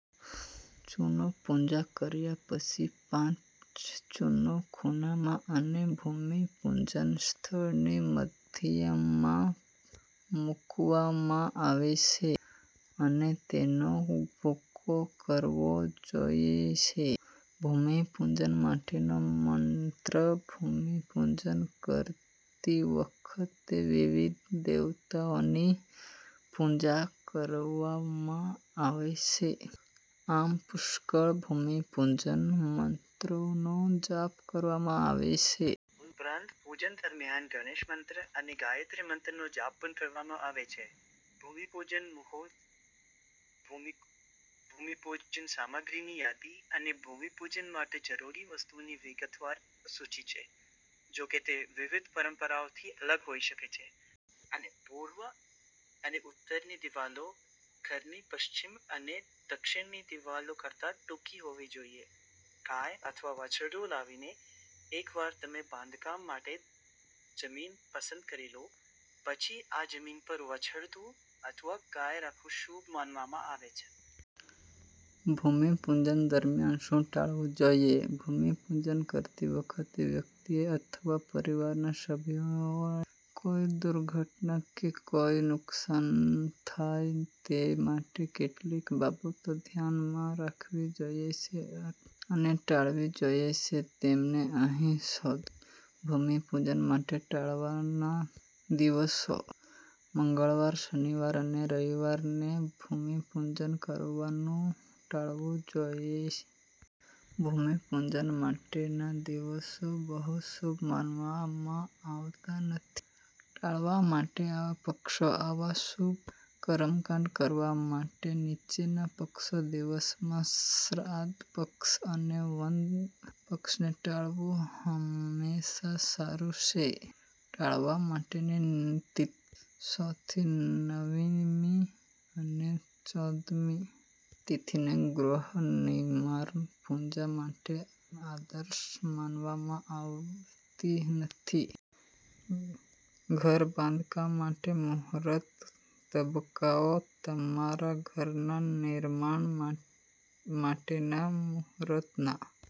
ચૂનોપૂજા કર્યા પછી, પાંચ ચૂનો ખૂણામાં અને ભૂમિપૂજન સ્થળની મધ્યમાં મૂકવામાં આવે છે અને તેનો ભૂકો કરવો જોઈએ. ભૂમિપૂજન માટેનો મંત્ર ભૂમિપૂજન કરતી વખતે વિવિધ દેવતાઓની પૂજા કરવામાં આવે છે. આમ, પુષ્કળ ભૂમિ પૂજન મંત્રોનો જાપ કરવામાં આવે છે. ઉપરાંત પૂજન દરમિયાન ગણેશ મંત્ર અને ગાયત્રી મંત્રનો જાપ પણ કરવામાં આવે છે. ભૂમિ પૂજન મુહૂર્તભૂમિ પૂજન સામગ્રીની યાદી. અહીં ભૂમિપૂજા માટે જરૂરી વસ્તુઓની વિગતવાર સૂચિ છે. જો કે, તે વિવિધ પરંપરાઓથી અલગ હોઈ શકે છે. અને પૂર્વ અને ઉત્તરની દિવાલો ઘરની પશ્ચિમ અને દક્ષિણની દિવાલો કરતા ટૂંકી હોવી જોઈએ. ગાય અથવા વાછરડું લાવોએકવાર તમે બાંધકામ માટે જમીન પસંદ કરી લો અને ખરીદી લો, પછી જમીન પર વાછરડું અથવા ગાય રાખવું શુભ માનવામાં આવે છે. ભૂમિપૂજન દરમિયાન શું ટાળવું જોઈએ ભૂમિપૂજન કરતી વખતે વ્યક્તિએ અથવા પરિવારના સભ્યોને કોઈ દુર્ઘટના કે કોઈ નુકસાનથાય તે માટે કેટલીક બાબતો ધ્યાનમાં રાખવી જોઈએ અને ટાળવી જોઈએ. તેમને અહીં શોધોભૂમિપૂજન માટે ટાળવાના દિવસોઃ મંગળવાર, શનિવાર અને રવિવારે ભૂમિપૂજન કરવાનું ટાળવું જોઈએ. ભૂમિપૂજન માટેદિવસો બહુ શુભ માનવામાં આવતા નથી. ટાળવા માટેના પક્ષો આવા શુભ કર્મકાંડ કરવા માટે નીચેના પક્ષો દિવસમાં શ્રાદ્ધ પક્ષ અને વદ પક્ષને ટાળવું હંમેશા સારું છે. ટાળવા માટેની તિથિ: ચોથી, નવમી અને ચૌદમી તિથિને ગૃહ નિર્માણ પૂજા માટે આદર્શ માનવામાં આવતી નથી. ઘર બાંધકામ માટે મુહૂર્ત તબક્કાઓ તમારા ઘરના નિર્માણ માટેના મુહૂર્તના